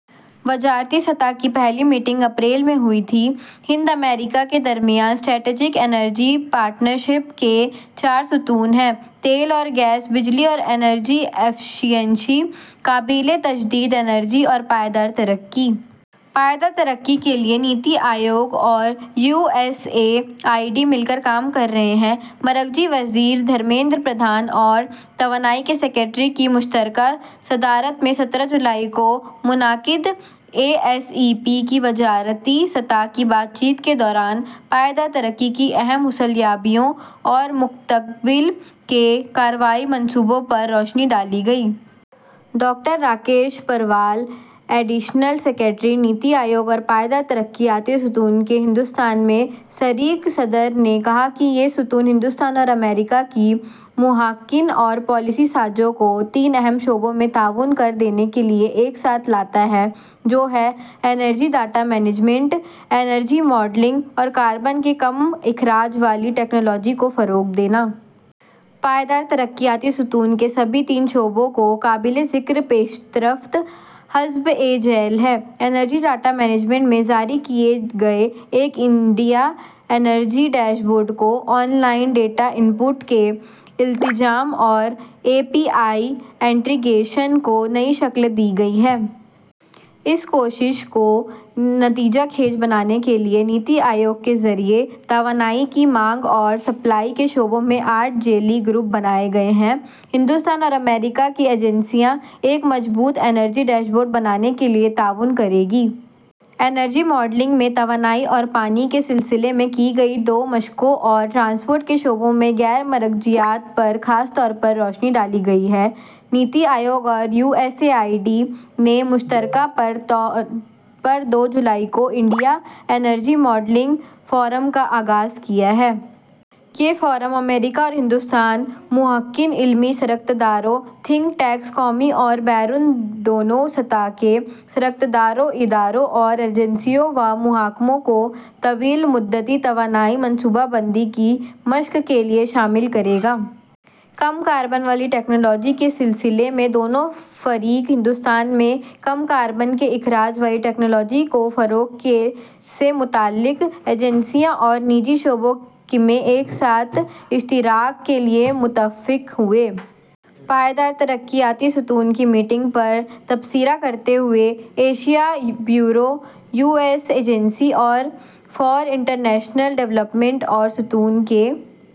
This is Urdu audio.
وزارتی سطح کی پہلی میٹنگ اپریل میں ہوئی تھی۔ ہند امریکہ کے درمیان اسٹریٹیجک انرجی پارٹنرشپ کے چار ستون ہیں: تیل اور گیس، بجلی اور توانائی ایفیشنسی، قابل تجدید توانائی اور پائیدار ترقی۔ پائیدار ترقی کے لیے نیتی آیوگ اور U S A I D مل کر کام کر رہے ہیں۔ مرکزی وزیر دھرمیندر پردھان اور توانائی کے سکریٹری کی مشترکہ صدارت میں سترہ جولائی کو منعقدہ ایس ای پی کی وزارتی سطح کی بات چیت کے دوران، پائیدار ترقی کی اہم حصول یابیوں اور مستقبل کے کارروائی منصوبوں پر روشنی ڈالی گئی۔ Doctor Rakesh Parwal, additional secretary, Niti Aayog اور پائیدار ترقیاتی ستون کے ہندوستان میں شریک صدر نے کہا کہ یہ ستون ہندوستان اور امریکہ کے محققین اور پالیسی سازوں کو تین اہم شعبوں میں تعاون دینے کے لیے ایک ساتھ لاتا ہے، جو ہیں: energy data management, energy modelling اور کاربن کے کم اخراج والی ٹیکنالوجی کو بڑھاوا دینا۔ پائیدار ترقیاتی ستون کے سبھی تین شعبوں میں قابل ذکر پیش رفت حسب ذیل ہے۔ انرجی ڈیٹا مینجمنٹ میں جاری کیے گئے ایک انڈیا انرجی ڈیش بورڈ کو online data input کے التزام اور اے پی آئی انٹیگریشن کو نئی شکل دی گئی ہے۔ اس کوشش کو نتیجہ خیز بنانے کے لیے نیتی آیوگ کے ذریعے توانائی کی مانگ اور سپلائی کے شعبوں میں آٹھ ذیلی گروپ بنائے گئے ہیں۔ ہندوستانی اور امریکی ایجنسیاں ایک مضبوط انرجی ڈیش بورڈ بنانے کے لیے تعاون کریں گی۔ انرجی ماڈلنگ میں توانائی اور پانی کے سلسلے میں کی گئی دو مشقوں اور ٹرانسپورٹ کے شعبے میں غیر مرکزیت پر خاص طور پر روشنی ڈالی گئی ہے۔ نیتی آیوگ اور U S A I D نے مشترکہ طور پر دو جولائی کو انڈیا انرجی ماڈلنگ فورم کا آغاز کیا ہے۔ یہ فورم امریکی اور ہندوستانی محققین، علمی شراکت داروں، تھنک ٹینکس، قومی اور بین الاقوامی دونوں سطح کے سرکاری اداروں اور ایجنسیوں و محکموں کو طویل مدتی توانائی منصوبہ بندی کی مشق کے لیے شامل کرے گا۔ کم کاربن والی ٹیکنالوجی کے سلسلے میں دونوں فریق ہندوستان میں کم کاربن کے اخراج والی ٹیکنالوجیز کے فروغ سے متعلق ایجنسیوں اور نجی شعبوں میں ایک ساتھ اشتراک کے لیے متفق ہوئے۔ پائیدار ترقی کے ستون کی میٹنگ پر تبصرہ کرتے ہوئے، Asia bureau, U S agency for international development اور ستون کے...